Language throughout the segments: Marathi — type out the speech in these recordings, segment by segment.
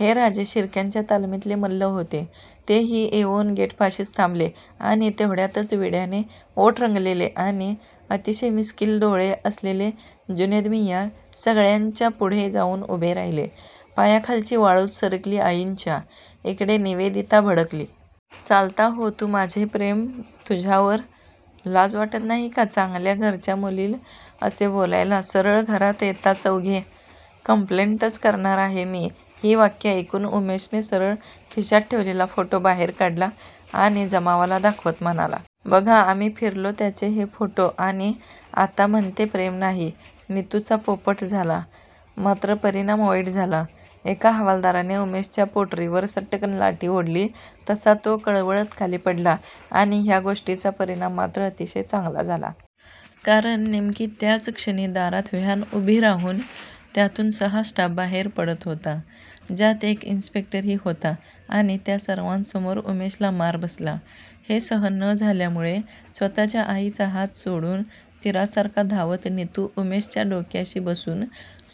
हे राजे शिर्क्यांच्या तालमीतले मल्ल होते. तेही येऊन गेटपाशीच थांबले आणि तेवढ्यातच विड्याने ओठ रंगलेले आणि अतिशय मिश्कील डोळे असलेले जुनैद मियाँ सगळ्यांच्या पुढे जाऊन उभे राहिले. पायाखालची वाळूच सरकली आईंच्या! इकडे निवेदिता भडकली. चालता हो तू माझे प्रेम तुझ्यावर? लाज वाटत नाही का चांगल्या घरच्या मुलील असे बोलायला सरळ घरात येता चौघे? कंप्लेन्टच करणार आहे मी ही वाक्ये ऐकून उमेशने सरळ खिशात ठेवलेला फोटो बाहेर काढला आणि जमावाला दाखवत म्हणाला. बघा आम्ही फिरलो त्याचे हे फोटो आणि आता म्हणते प्रेम नाही. नितुचा पोपट झाला. मात्र परिणाम वाईट झाला. एका हवालदाराने उमेशच्या पोटरीवर सट्टकन लाठी ओढली तसा तो कळवळत खाली पडला आणि ह्या गोष्टीचा परिणाम मात्र अतिशय चांगला झाला. कारण नेमकी त्याच क्षणी दारात व्हॅन उभी राहून त्यातून सहा स्टाफ बाहेर पडत होता ज्यात एक इन्स्पेक्टरही होता आणि त्या सर्वांसमोर उमेशला मार बसला हे सहन न झाल्यामुळे स्वतःच्या आईचा हात सोडून तीरासारखी धावत नितु उमेशच्या डोक्याशी बसून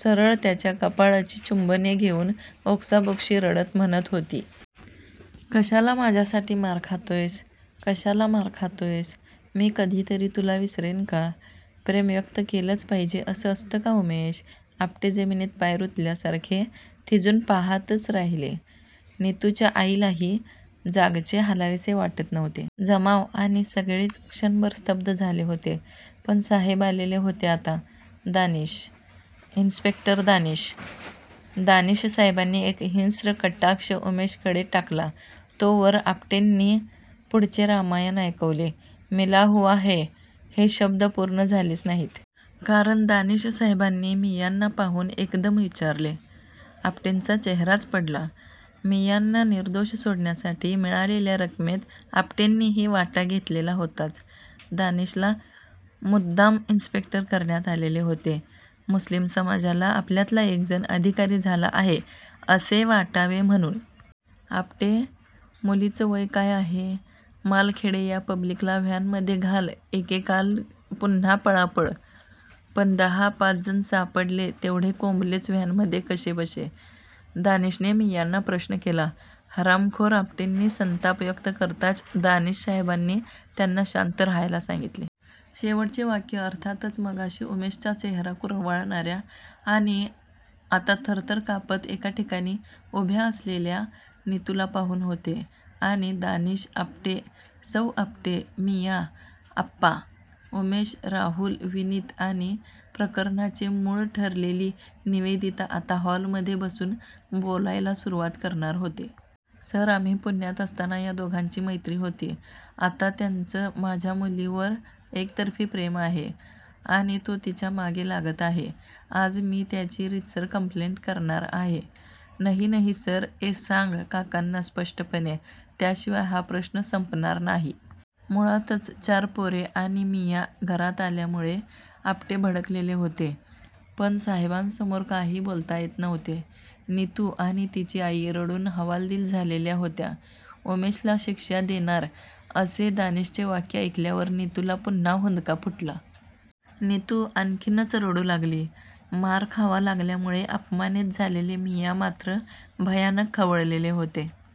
सरळ त्याच्या कपाळाची चुंबने घेऊन ओक्साबोक्शी रडत म्हणत होती. कशाला माझ्यासाठी मार खातोयस? कशाला मार खातोयस? मी कधीतरी तुला विसरेन का? प्रेम व्यक्त केलंच पाहिजे असं असतं का उमेश? आपटे जमीनीत पाय रुतल्यासारखे थिजून पाहातच राहिले. नितुच्या आईलाही जागचे हालावेसे वाटत नव्हते. जमाव आणि सगळेच क्षणभर स्तब्ध झाले होते. पण साहेब आलेले होते आता! दानिश! इन्स्पेक्टर दानिश! दानिशसाहेबांनी एक हिंस्त्र कटाक्ष उमेशकडे टाकला. तोवर आपटेंनी पुढचे रामायण ऐकवले. 'मिला हुवा है' हे शब्द पूर्ण झालेच नाहीत. कारण दानिशसाहेबांनी मियाँना पाहून एकदम विचारले. आपटेंचा चेहराच पडला. मियाँना निर्दोष सोडण्यासाठी मिळालेल्या रकमेत आपटेंनीही वाटा घेतलेला होताच! दानिशला मुद्दाम इन्स्पेक्टर करण्यात आलेले होते. मुस्लिम समाजाला आपल्यातला एक जण अधिकारी झाला आहे असे वाटावे म्हणून! आपटे. मुलीचं वय काय आहे? मालखेडे या पब्लिकला व्हॅनमध्ये घाल एकेकाल पुन्हा पळापळ! पण दहा पाच जण सापडले तेवढे कोंबलेच व्हॅनमध्ये कसेबसे! दानिशने मियाँना प्रश्न केला. हरामखोर आपटेंनी संताप व्यक्त करताच दानिशसाहेबांनी त्यांना शांत राहायला सांगितले. शेवटचे वाक्य अर्थातच मगाशी उमेशचा चेहरा कुरवाळणार्या आणि आता थरथर कापत एका ठिकाणी उभ्या असलेल्या नितुला पाहून होते आणि दानिश, आपटे, सौ. आपटे, मियाँ, आप्पा, उमेश, राहुल, विनीत आणि प्रकरनाचे मूळ ठरलेली निवेदिता आता हॉलमध्ये बसून बोलायला सुरुवात करणार होते. सर आम्ही पुण्यात असताना या दोघांची मैत्री होती. आता त्याचं माझ्या मुलीवर एकतर्फी प्रेम आहे आणि तो तिच्या मागे लागत आहे. आज मी त्याची रीतसर कंप्लेन्ट करणार आहे. नही नही सर ए सांग काकांना स्पष्टपणे त्याशिवाय हा प्रश्न संपणार नाही. मुळातच चार पोरे आणि मियाँ घरात आल्यामुळे आपटे भडकलेले होते पण साहेबांसमोर काही बोलता येत नव्हते. नितु आणि तिची आई रडून हवालदिल झालेल्या होत्या. उमेशला शिक्षा देणार असे दानिशचे वाक्य ऐकल्यावर नितुला पुन्हा हुंदका फुटला. नितु आणखीनच रडू लागली. मार खावा लागल्यामुळे अपमानीत झालेले मियाँ मात्र भयानक खवळलेले होते.